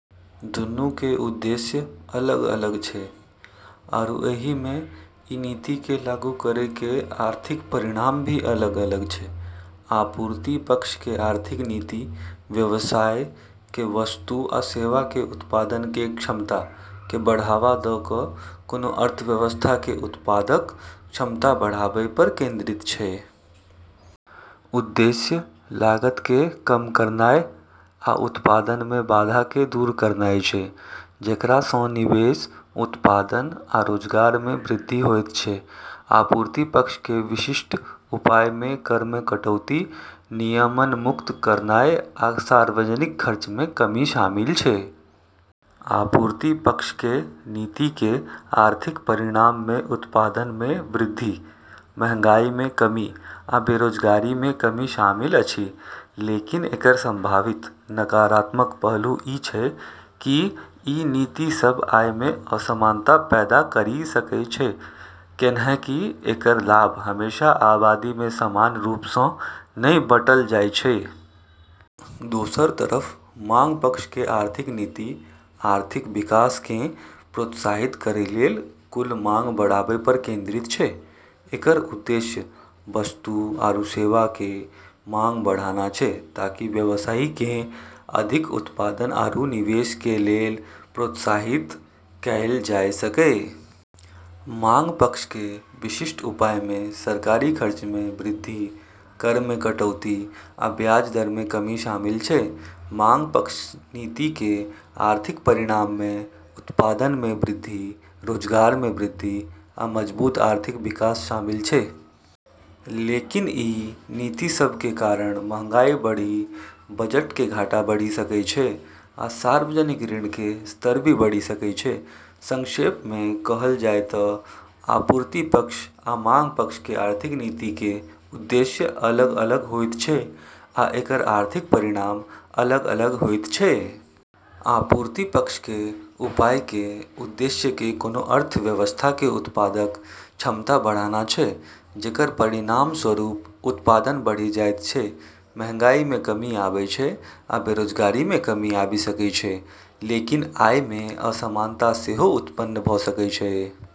दूनू के उद्देश्य अलग-अलग छै, आरू एहि में ई नीति के लागू करै के आर्थिक परिणाम भी अलग-अलग छै। आपूर्ति पक्ष के आर्थिक नीति व्यवसाय के वस्तु आ सेवा के उत्पादन के क्षमता के बढ़ावा दऽ कऽ कोनो अर्थव्यवस्था के उत्पादक क्षमता बढ़ाबय पर केंद्रित छै। उद्देश्य लागत के कम करनाय आ उत्पादन में बाधा के दूर करनाय छै, जेकरा सँ निवेश, उत्पादन, आ रोजगार में वृद्धि होयत छै। आपूर्ति पक्ष के विशिष्ट उपाय में कर में कटौती, नियमनमुक्त करनाय, आ सार्वजनिक खर्च में कमी शामिल छै। आपूर्ति पक्ष के नीति के आर्थिक परिणाम में उत्पादन में वृद्धि, महंगाई में कमी, आ बेरोजगारी में कमी शामिल अछि। लेकिन एकर संभावित नकारात्मक पहलू ई छै कि ई नीति सब आय में असमानता पैदा करी सकै छै, कैन्हेंकि एकर लाभ हमेशा आबादी में समान रूप सँ नै बँटल जाय छै। दोसर तरफ मांग पक्ष के आर्थिक नीति आर्थिक विकास केँ प्रोत्साहित करै लेल कुल मांग बढ़ाबय पर केंद्रित छै। एकर उद्देश्य वस्तु आरू सेवा के मांग बढ़ाना छै ताकि व्यवसायी केँ अधिक उत्पादन आरू निवेश के लेल प्रोत्साहित कएल जाय सकै। मांग पक्ष के विशिष्ट उपाय में सरकारी खर्च में वृद्धि, कर में कटौती, आ ब्याज दर में कमी शामिल छै। मांग पक्ष नीति के आर्थिक परिणाम में उत्पादन में वृद्धि, रोजगार में वृद्धि, आ मजबूत आर्थिक विकास शामिल छै। लेकिन ई नीति सब के कारण महंगाई बढ़ी, बजट के घाटा बढ़ी सकै छै, आ सार्वजनिक ऋण के स्तर भी बढ़ी सकै छै। संक्षेप में कहल जाय तऽ आपूर्ति पक्ष आ मांग पक्ष के आर्थिक नीति के उद्देश्य अलग-अलग होइत छै आ एकर आर्थिक परिणाम अलग-अलग होइत छै। आपूर्ति पक्ष के उपाय के उद्देश्य कोनो अर्थव्यवस्था के उत्पादक क्षमता बढ़ाना छै, जेकर परिणामस्वरूप उत्पादन बढ़ी जाइत छै, महंगाई में कमी आबै छै, आ बेरोजगारी में कमी आबी सकै छै, लेकिन आय में असमानता सेहो उत्पन्न भ' सकै छै।